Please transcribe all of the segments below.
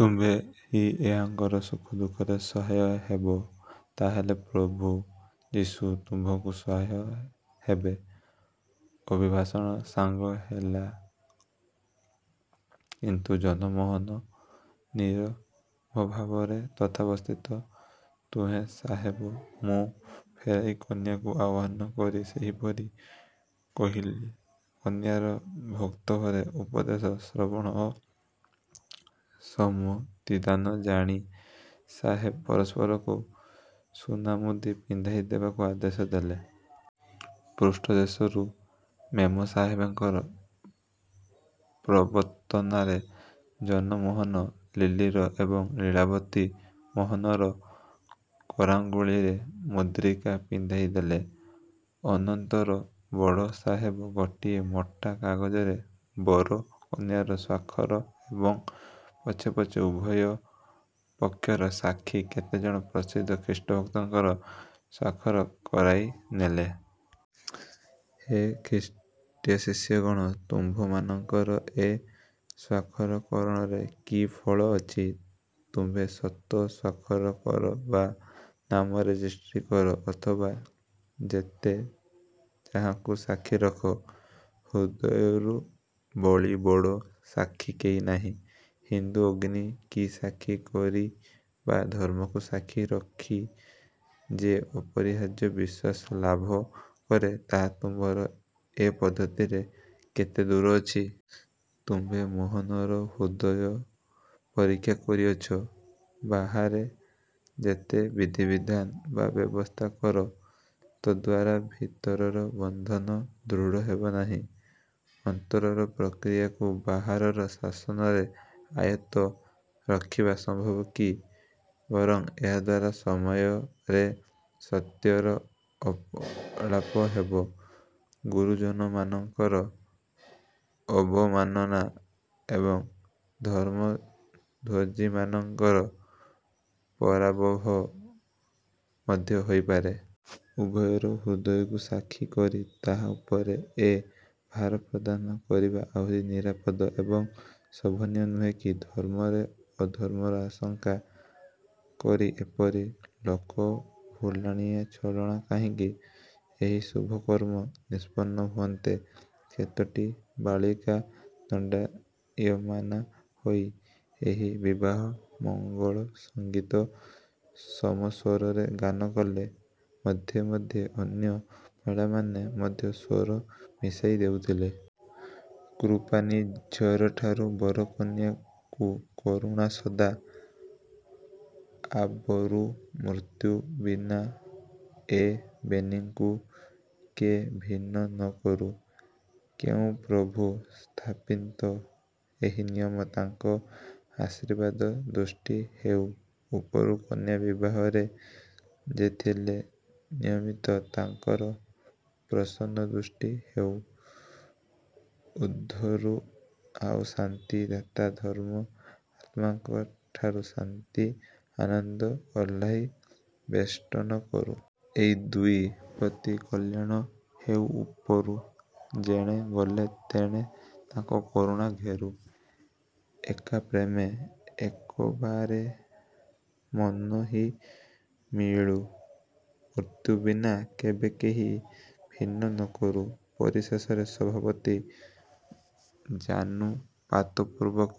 ତୁମ୍ଭେ ହିଁ ଏହାଙ୍କର ସୁଖ ଦୁଃଖରେ ସହାୟ ହେବ। ତାହାହେଲେ ପ୍ରଭୁ ଯୀଶୁ ତୁମ୍ଭଙ୍କୁ ସହାୟ ହେବେ। ଅଭିଭାଷଣ ସାଙ୍ଗ ହେଲା, କିନ୍ତୁ ଜନମୋହନ ନୀରବଭାବରେ ତଥାବସ୍ଥିତ। ତହୁଁ ସାହେବ ମୁହଁ ଫେରାଇ କନ୍ୟାକୁ ଆହ୍ୱାନ କରି ସେହିପରି କହିଲେ। କନ୍ୟାର ଭକ୍ତିଭରେ ଉପଦେଶ ଶ୍ରବଣ ଓ ସମ୍ମତିଦାନ ଜାଣି ସାହେବ ପରସ୍ପରକୁ ସୁନାମୁଦି ପିନ୍ଧାଇ ଦେବାକୁ ଆଦେଶ ଦେଲେ। ପୃଷ୍ଠଦେଶରୁ ମେମ ସାହେବଙ୍କ ପ୍ରବର୍ତ୍ତନାରେ ଜନମୋହନ ଲିଲିର ଏବଂ ଲୀଳାବତୀ ମୋହନର କରାଙ୍ଗୁଳିରେ ମୁଦ୍ରିକା ପିନ୍ଧାଇଦେଲେ। ଅନନ୍ତର ବଡ଼ ସାହେବ ଗୋଟାଏ ମୋଟା କାଗଜରେ ବର କନ୍ୟାଙ୍କର ସ୍ୱାକ୍ଷର ଏବଂ ପଛେ ପଛେ ଉଭୟ ପକ୍ଷର ସାକ୍ଷୀ କେତେଜଣ ପ୍ରସିଦ୍ଧ ଖ୍ରୀଷ୍ଟଭକ୍ତଙ୍କର ସ୍ୱାକ୍ଷର କରାଇ ନେଲେ। ହେ ଖ୍ରୀଷ୍ଟଶିଷ୍ୟଗଣ! ତୁମ୍ଭମାନଙ୍କର ଏ ସ୍ୱାକ୍ଷରକରଣରେ କି ଫଳ ଅଛି? ତୁମ୍ଭେ ଶତ ସ୍ୱାକ୍ଷର କର ବା ନାମ ରେଜିଷ୍ଟରୀ କର ଅଥବା ଯେତେ ଯାହାଙ୍କୁ ସାକ୍ଷୀ ରଖ, ହୃଦୟରୁ ବଳି ବଡ଼ ସାକ୍ଷୀ କେହି ନାହିଁ ହିନ୍ଦୁ ଅଗ୍ନି କି ସାକ୍ଷୀ କରି ବା ଧର୍ମକୁ ସାକ୍ଷୀ ରଖି ଯେ ଅପରିହାର୍ଯ୍ୟ ବିଶ୍ୱାସ ଲାଭ କରେ, ତାହା ତୁମ୍ଭର ଏ ପଦ୍ଧତିରେ କେତେଦୂର ଅଛି।? ତୁମ୍ଭେ ମୋହନର ହୃଦୟ ପରୀକ୍ଷା କରିଅଛ? ବାହାରେ ଯେତେ ବିଧିବିଧାନ ବା ବ୍ୟବସ୍ଥା କର, ତଦ୍ଦ୍ୱାରା ଭିତରର ବନ୍ଧନ ଦୃଢ଼ ହେବ ନାହିଁ। ଅନ୍ତରର କ୍ରିୟାକୁ ବାହାରର ଶାସନରେ ଆୟତ୍ତ ରଖିବା ସମ୍ଭବ କି? ବରଂ ଏହାଦ୍ୱାରା ସମୟରେ ସତ୍ୟର ଅପଳାପ ହେବ। ଗୁରୁଜନମାନଙ୍କର ଅବମାନନା ଏବଂ ଧର୍ମଧ୍ୱଜିମାନଙ୍କର ପରାଭବ ମଧ୍ୟ ହୋଇ ପାରେ। ଉଭୟର ହୃଦୟକୁ ସାକ୍ଷୀ କରି ତାହା ଉପରେ ଏ ଭାର ପ୍ରଦାନ କରିବା ଆହୁରି ନିରାପଦ ଏବଂ ଶୋଭନୀୟ ନୁହେଁ କି? ଧର୍ମରେ ଅଧର୍ମର ଆଶଙ୍କା କରି ଏପରି ଲୋକଭୁଲାଣିଆ ଛଳନା କାହିଁକି? ଏହି ଶୁଭକର୍ମ ନିଷ୍ପନ୍ନ ହୁଅନ୍ତେ କେତୋଟି ବାଳିକା ଦଣ୍ଡାୟମାନା ହୋଇ ଏହି ବିବାହମଙ୍ଗଳସଙ୍ଗୀତ ସମସ୍ୱରରେ ଗାନ କଲେ, ମଧ୍ୟେ ମଧ୍ୟେ ଅନ୍ୟ ମହିଳାମାନେ ମଧ୍ୟ ସ୍ୱର ମିଶାଇ ଦେଉଥିଲେ। କୃପାନିର୍ଝରଠାରୁ। ବର କନ୍ୟାଙ୍କୁ କରୁଣା ସଦା ଆବରୁ। ମୃତ୍ୟୁ ବିନା ଏ ବେନିଙ୍କୁ କେ ଭିନ୍ନ ନ କରୁ। ଯେଉଁ ପ୍ରଭୁ ସ୍ଥାପିଛନ୍ତି ଏହି ନିୟମ, ତାଙ୍କ ଆଶୀର୍ବାଦଦୃଷ୍ଟି ହେଉ ଉପରୁ। କନ୍ୟା ବିବାହରେ ଯେ ଥିଲେ ନିମନ୍ତ୍ରିତ, ତାହାଙ୍କ ପ୍ରସନ୍ନଦୃଷ୍ଟି ହେଉ ଊର୍ଦ୍ଧ୍ୱରୁ। ଆଉ ଶାନ୍ତି ଦାତା ଧର୍ମ-ଆତ୍ମାଙ୍କଠାରୁ ଶାନ୍ତି ଆନନ୍ଦ ଓହ୍ଲାଇ ବେଷ୍ଟନ କରୁ। ଏ ଦୁଇ ପ୍ରତି କଲ୍ୟାଣ ହେଉ ଉପରୁ, ଯେଣେ ଗଲେ ତେଣେ ତାଙ୍କ କରୁଣା ଘେରୁ। ଏକାପ୍ରେମେ ଏକବାରେ ମନହିଁ ମିଳୁ, ମୃତ୍ୟୁ ବିନା କେବେ କେହି ଭିନ୍ନ ନକରୁ। ପରିଶେଷରେ ସଭାପତି ଜାନୁପାତପୂର୍ବକ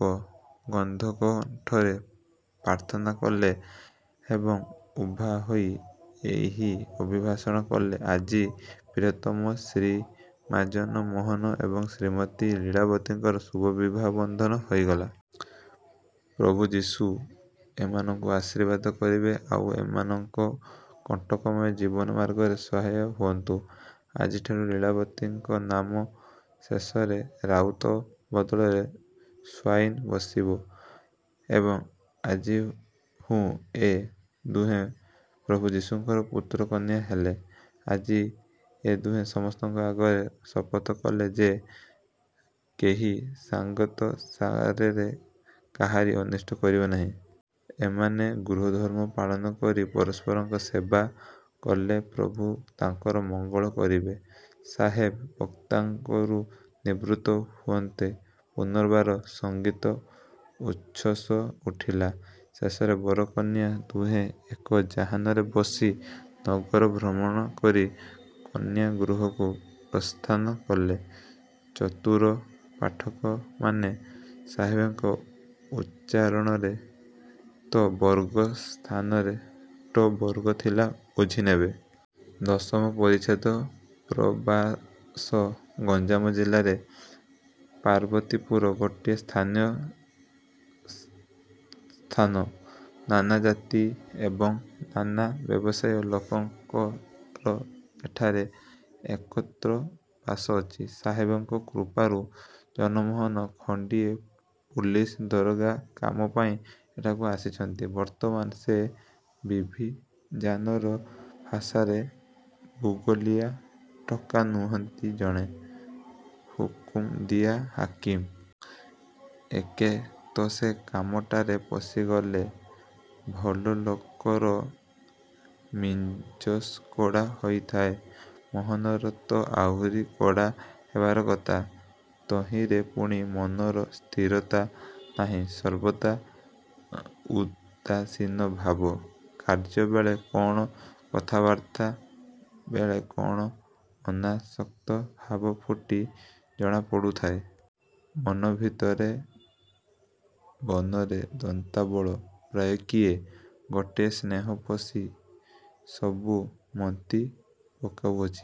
ଗଦ୍ଗଦକଣ୍ଠରେ ପ୍ରାର୍ଥନା କଲେ ଏବଂ ଉଭା ହୋଇ ଏହି ଅଭିଭାଷଣ କଲେ- ''ଆଜି ପ୍ରିୟତମ ଶ୍ରୀମାନ୍ଜନମୋହନ ଏବଂ ଶ୍ରୀମତୀ ଲୀଳାବତୀଙ୍କର ଶୁଭବିବାହବନ୍ଧନ ହୋଇଗଲା। ପ୍ରଭୁ ଯୀଶୁ ଏମାନଙ୍କୁ ଆଶୀର୍ବାଦ କରିବେ ଆଉ ଏମାନଙ୍କ କଣ୍ଟକମୟ ଜୀବନମାର୍ଗରେ ସହାୟ ହୁଅନ୍ତୁ। ଆଜିଠାରୁ ଲୀଳାବତୀଙ୍କ ନାମ ଶେଷରେ ରାଉତ ବଦଳରେ ସ୍ୱାଇନ୍ ବସିବ ଏବଂ ଆଜହୁଁ ଏ ଦୁହେଁ ପ୍ରଭୁ ଯୀଶୁଙ୍କର ପୁତ୍ର କନ୍ୟା ହେଲେ। ଆଜି ଏ ଦୁହେଁ ସମସ୍ତଙ୍କ ଆଗରେ ଶପଥ କଲେ ଯେ, କେହି ଜ୍ଞାତସାରରେ କାହାରି ଅନିଷ୍ଟ କରିବେ ନାହିଁ। ଏମାନେ ଗୃହଧର୍ମ ପାଳନ କରି ପରସ୍ପରଙ୍କ ସେବା କରିଲେ ପ୍ରଭୁ ତାଙ୍କର ମଙ୍ଗଳ କରିବେ। '' ସାହେବ ବକ୍ତୃତାରୁ ନିବୃତ୍ତ ହୁଅନ୍ତେ ପୁନର୍ବାର ସଙ୍ଗୀତ-ଉଚ୍ଛ୍ୱାସ ଉଠିଲା। ଶେଷରେ ବର-କନ୍ୟା ଦୁହେଁ ଏକ ଯାନରେ ବସି ନଗର ଭ୍ରମଣ କରି କନ୍ୟା ଗୃହକୁ ପ୍ରସ୍ଥାନ କଲେ। ଚତୁର ପାଠକମାନେ- ସାହେବଙ୍କ ଉଚ୍ଚାରଣରେ ତ ବର୍ଗ ସ୍ଥାନରେ ଟ ବର୍ଗ ଥିଲା ବୁଝିନେବେ। ଦଶମ ପରିଚ୍ଛେଦ ପ୍ରବାସ ଗଞ୍ଜାମ ଜିଲ୍ଲାରେ ପାର୍ବତୀପୁର ଗୋଟିଏ ଦର୍ଶନୀୟ ସ୍ଥାନ। ନାନା ଜାତି ଏବଂ ନାନା ବ୍ୟବସାୟୀ ଲୋକଙ୍କର ଏଠାରେ ଏକତ୍ର ବାସ ଅଛି। ସାହେବଙ୍କ କୃପାରୁ ଜନମୋହନ ଖଣ୍ତିଏ ପୁଲିସ ଦାରୋଗା କାମ ପାଇ ଏଠାକୁ ଆସିଅଛନ୍ତି। ବର୍ତ୍ତମାନ ସେ ବିବିଜାନର ଭାଷାରେ ବଗୁଲିଆ ଟୋକା ନୁହନ୍ତି ଜଣେ ହୁକୁମଦିଆ ହାକିମ। ଏକେ ତ ସେ କାମଟାରେ ପଶିଗଲେ ଭଲ ଲୋକର ମିଞ୍ଜାସ କଡ଼ା ହୋଇଥାଏ। ମୋହନର ତ ଆହୁରି କଡ଼ା ହେବାର କଥା। ତହିଁରେ ପୁଣି ମନର ସ୍ଥିରତା ନାହିଁ ସର୍ବଦା ଉଦାସୀନ ଭାବ। କାର୍ଯ୍ୟବେଳେ କଣ, କଥାବାର୍ତ୍ତା ବେଳେ କଣ, ଅନାସକ୍ତ ଭାବ ଫୁଟି ଜଣା ପଡ଼ୁଥାଏ। ମନଭିତରେ ବନରେ ଦନ୍ତାବଳ ପ୍ରାୟ କିଏ ଗୋଟାଏ ଯେହ୍ନେ ପଶି ସବୁ ମନ୍ଥି ପକାଉଅଛି।